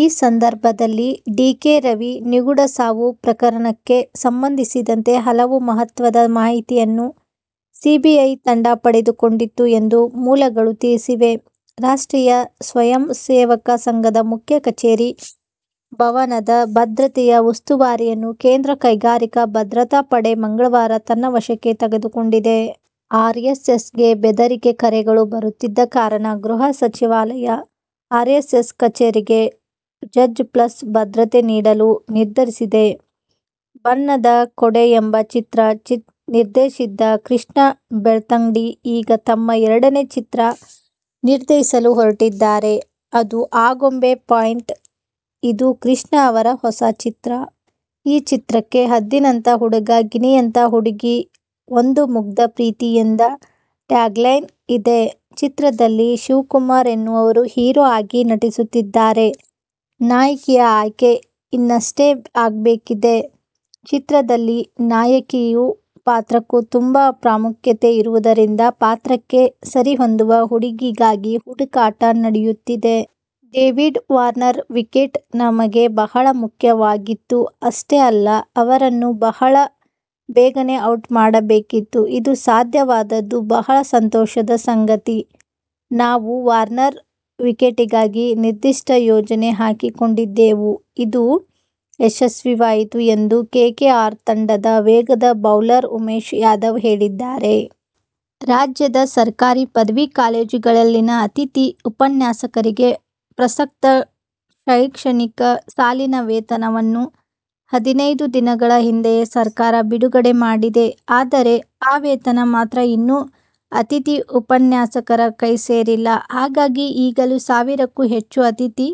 ಈ ಸಂದರ್ಭದಲ್ಲಿ D. K. Ravi ನಿಗೂಢ ಸಾವು ಪ್ರಕರಣಕ್ಕೆ ಸಂಬಂಧಿಸಿದಂತೆ ಹಲವು ಮಹತ್ವದ ಮಾಹಿತಿಯನ್ನು ಸಿಬಿಐ ತಂಡ ಪಡೆದುಕೊಂಡಿತು ಎಂದು ಮೂಲಗಳು ತಿಳಿಸಿವೆ. ರಾಷ್ಟ್ರೀಯ ಸ್ವಯಂ ಸೇವಕ ಸಂಘದ ಮುಖ್ಯ ಕಚೇರಿ " ಭವನ'ದ ಭದ್ರತೆಯ ಉಸ್ತುವಾರಿಯನ್ನು ಕೇಂದ್ರ ಕೈಗಾರಿಕಾ ಭದ್ರತಾ ಪಡೆ ಮಂಗಳವಾರ ತನ್ನ ವಶಕ್ಕೆ ತೆಗೆದುಕೊಂಡಿದೆ. ಆರ್ಎಸ್ಎಸ್ಗೆ ಬೆದರಿಕೆ ಕರೆಗಳು ಬರುತ್ತಿದ್ದ ಕಾರಣ ಗೃಹ ಸಚಿವಾಲಯ, ಆರ್ಎಸ್ಎಸ್ ಕಚೇರಿಗೆ ಝಡ್ ಪ್ಲಸ್ ಭದ್ರತೆ ನೀಡಲು ನಿರ್ಧರಿಸಿದೆ. ಬಣ್ಣದ ಕೊಡೆ ಎಂಬ ಚಿತ್ರ ನಿರ್ದೇಶಿಸಿದ್ದ ಕೃಷ್ಣ ಬೆಳ್ತಂಗಡಿ ಈಗ ತಮ್ಮ ಎರಡನೇ ಚಿತ್ರ ನಿರ್ದೇಶಿಸಲು ಹೊರಟಿದ್ದಾರೆ. ಅದು ಆಗುಂಬೆ ಪಾಯಿಂಟ್. ಇದು ಕೃಷ್ಣ ಅವರ ಹೊಸ ಚಿತ್ರ. ಈ ಚಿತ್ರಕ್ಕೆ ಹದ್ದಿನಂತಹ ಹುಡುಗ, ಗಿಣಿಯಂತಹ ಹುಡುಗಿ, ಒಂದು ಮುಗ್ಧ ಪ್ರೀತಿ' ಎಂಬ ಟ್ಯಾಗ್ಲೈನ್ ಇದೆ. ಚಿತ್ರದಲ್ಲಿ ಶಿವಕುಮಾರ್ ಎನ್ನುವವರು ಹೀರೋ ಆಗಿ ನಟಿಸುತ್ತಿದ್ದಾರೆ. ನಾಯಕಿಯ ಆಯ್ಕೆ ಇನ್ನಷ್ಟೇ ಆಗಬೇಕಿದೆ. ಚಿತ್ರದಲ್ಲಿ ನಾಯಕಿಯ ಪಾತ್ರಕ್ಕೂ ತುಂಬಾ ಪ್ರಾಮುಖ್ಯತೆ ಇರುವುದರಿಂದ ಪಾತ್ರಕ್ಕೆ ಸರಿಹೊಂದುವ ಹುಡುಗಿಗಾಗಿ ಹುಡುಕಾಟ ನಡೆಯುತ್ತಿದೆ. 'ಡೇವಿಡ್ ವಾರ್ನರ್ ವಿಕೆಟ್ ನಮಗೆ ಬಹಳ ಮುಖ್ಯವಾಗಿತ್ತು. ಅಷ್ಟೇ ಅಲ್ಲ, ಅವರನ್ನು ಬಹಳ ಬೇಗನೇ ಔಟ್ ಮಾಡಬೇಕಿತ್ತು. ಇದು ಸಾಧ್ಯವಾದದ್ದು ಬಹಳ ಸಂತೋಷದ ಸಂಗತಿ. ನಾವು ವಾರ್ನರ್ ವಿಕೆಟಿಗಾಗಿ ನಿರ್ದಿಷ್ಟ ಯೋಜನೆ ಹಾಕಿಕೊಂಡಿದ್ದೆವು. ಇದು ಯಶಸ್ವಿಯಾಯಿತು' ಎಂದು ಕೆಕೆಆರ್ ತಂಡದ ವೇಗದ ಬೌಲರ್ ಉಮೇಶ್ ಯಾದವ್ ಹೇಳಿದ್ದಾರೆ. ರಾಜ್ಯದ ಸರ್ಕಾರಿ ಪದವಿ ಕಾಲೇಜುಗಳಲ್ಲಿನಅತಿಥಿ ಉಪನ್ಯಾಸಕರಿಗೆ ಪ್ರಸಕ್ತ ಶೈಕ್ಷಣಿಕ ಸಾಲಿನ ವೇತನವನ್ನು ಹದಿನೈದು ದಿನಗಳ ಹಿಂದೆಯೇ ಸರ್ಕಾರ ಬಿಡುಗಡೆ ಮಾಡಿದೆ. ಆದರೆ, ಆ ವೇತನ ಮಾತ್ರ ಇನ್ನೂ ಅತಿಥಿ ಉಪನ್ಯಾಸಕರ ಕೈ ಸೇರಿಲ್ಲ. ಹಾಗಾಗಿ, ಈಗಲೂ ಸಾವಿರಕ್ಕೂ ಹೆಚ್ಚು ಅತಿಥಿ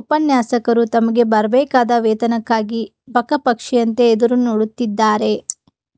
ಉಪನ್ಯಾಸಕರು ತಮಗೆ ಬರಬೇಕಾದ ವೇತನಕ್ಕಾಗಿ ಬಕಪಕ್ಷಿಯಂತೆ ಎದುರುನೋಡುತ್ತಿದ್ದಾರೆ.